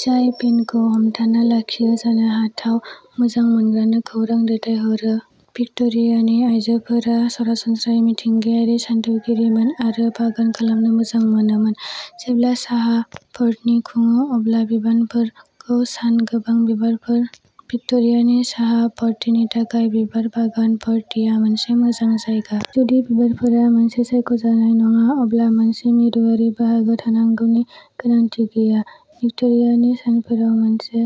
जाय फेनखौ हमथाना लाखियो जानो हाथाव मोजां मोनग्रानो खौरां दैथायहरो। भिक्ट'रियानि आइजोफोरा सरासनस्रायै मिथिंगायारि सानथौगिरिमोन आरो बागान खालामनो मोजां मोनोमोन। जेब्ला साहा पोरनि खुङो अब्ला बिबानफोरखौ सान गोबां बिबारफोर भिक्ट'रियानि साहा पार्टीनि थाखाय बिबार बागान पार्टीआ मोनसे मोजां जायगा। जुदि बिबारफोरा मोनसे सायख'नाय नङा अब्ला मोनसे मिरुआरि बाहागो थानांगौनि गोनांथि गैया। भिक्ट'रियानि सानफोराव मोनसे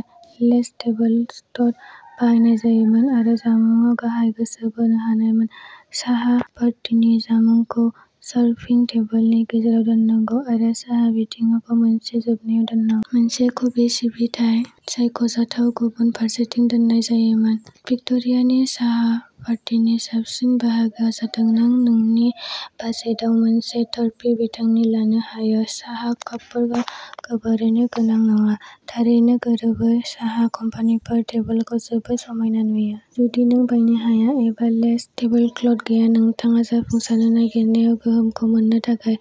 लेस टेबोलस्ट बाहायनाय जायोमोन आरो जामुंआ गाहाय गोसो बोनो हानायमोन। साहा पार्टीनि जामुंखौ सारभिं टेबोलनि गेजेराव दोननांगौ आरो साहा सिबिथायखौ मोनसे जोबनायाव दोननां। मोनसे कफि सिबिथाइ, सायख'जाथाव, गुबुन फारसेथिं दोननाय जायोमोन। भिक्ट'रियानि साहा पार्टीनि साबसिन बाहागोआ जादों नों नोंनि बाजेटआव मोनसे टार्प्लि बिथांखि लानो हायो। साहा कापफोरा गोबारैनो गोनां नङा। थारैनो गोरोबै साहा काम्पानिफोर टेबोलखौ जोबोद समायना नुयो। जुदि नों बायनो हाया एबा लेस टेबोलक्लथ गैया नोंथाङा जाफुंसारनो नागिरनाय गोहोमखौ मोन्नो थाखाय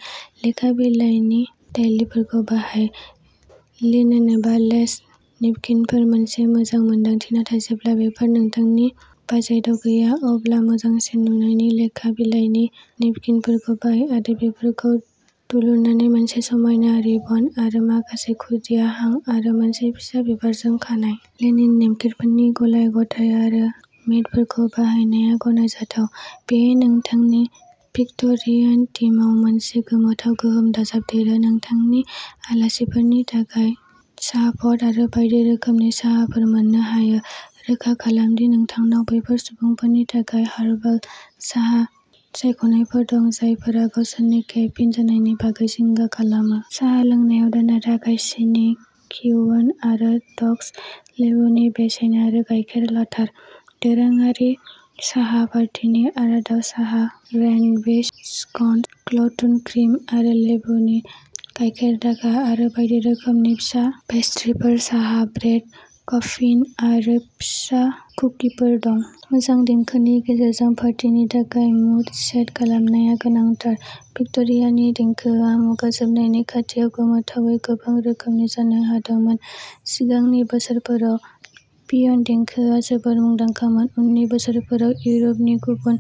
लेखा बिलाइनि डइलिफोरखौ बाहाय। लिनेन एबा लेस नेपकिनफोरा मोनसे मोजां मोनदांथि नाथाय जेब्ला बेफोर नोंथांनि बाजेटाव गैया अब्ला मोजांसिन गुननि लेखा बिलाइनि नेपकिनफोरखौ बाय आरो बेफोरखौ दुलुरनानै मोनसे समायना रिबन आरो माखासे खुदिया हां आरो मोनसे फिसा बिबारजों खानाय। लिनेन नेपकिनफोरनि गलाय-गथाय आरो मेटफोरखौ बाहायनाया गनायजाथाव। बे नोंथांनि भिक्ट'रियान थीमआव मोनसे गोमोथाव गोहोम दाजाबदेरो। नोंथांनि आलासिफोरनि थाखाय साहाप'ट आरो बायदि रोखोमनि साहाफोर मोन्नो हायो। रोखा खालाम दि नोंथांनाव बैफोर सुबुंफोरनि थाखाय हार्बोल साहा सायख'नायफोर दं जायफोरा गावसोरनि केफिन जानायनि बागै जिंगा खालामो। साहा लोंनायाव दोननो थाखाय सिनि किउन आरो टंस, लेबुनि वेजेस आरो गायखेर लाथार। दोरोङारि साहा पार्टिनि आदाराव साहा सेन्डविच, स्कन्स, क्ल'ट्ड क्रिम आरो लेबुनि गाइखेरदाखा आरो बायदि रोखोमनि फिसा पेस्ट्रीफोर साहा ब्रेड, माफिन आरो फिसा कुकिफोर दं। मोजां देंखोनि गेजेरजों पार्टिनि थाखाय मुड सेट खालामनाया गोनांथार। भिक्ट'रियानि देंखोआ मुगा जोबनायनि खाथियाव गोमोथावै गोबां रोखोमनि जानो हमदोंमोन। सिगांनि बोसोरफोराव पियान देंखोआ जोबोद मुंदांखामोन। उननि बोसोरफोराव, इउर'पनि गुबुन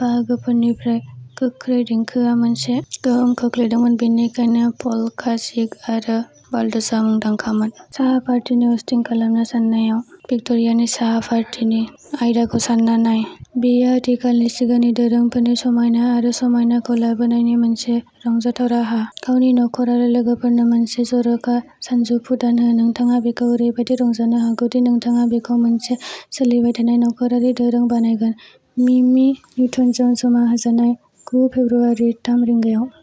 बाहागोफोरनिफ्राय गोख्रै देंखोआ मोनसे गोहोम खोख्लैदोंमोन, बेनिखायनो पल्का, जिग आरो वाल्डेजआ मुंदांखामोन। साहा पार्टिनि हस्टिं खालामनो साननायाव, भिक्ट'रियानि साहा पार्टिनि आयदाखौ सान्ना नाय। बेयो आथिखालनि सिगांनि दोरोंफोरनि समायना आरो समायनाखौ लाबोनायनि मोनसे रंजाथाव राहा। गावनि न'खर आरो लोगोफोरनो मोनसे जर'खा सानजौफु दान हो। नोंथाङा बेखौ ओरैबादि रंजानो हागौ दि नोंथाङा बेखौ मोनसे सोलिबाय थानाय नख'रारि दोरों बानायगोन। मिमि निउटनजों जमा होजानाय, गु फेब्रुआरि थाम रिंगायाव।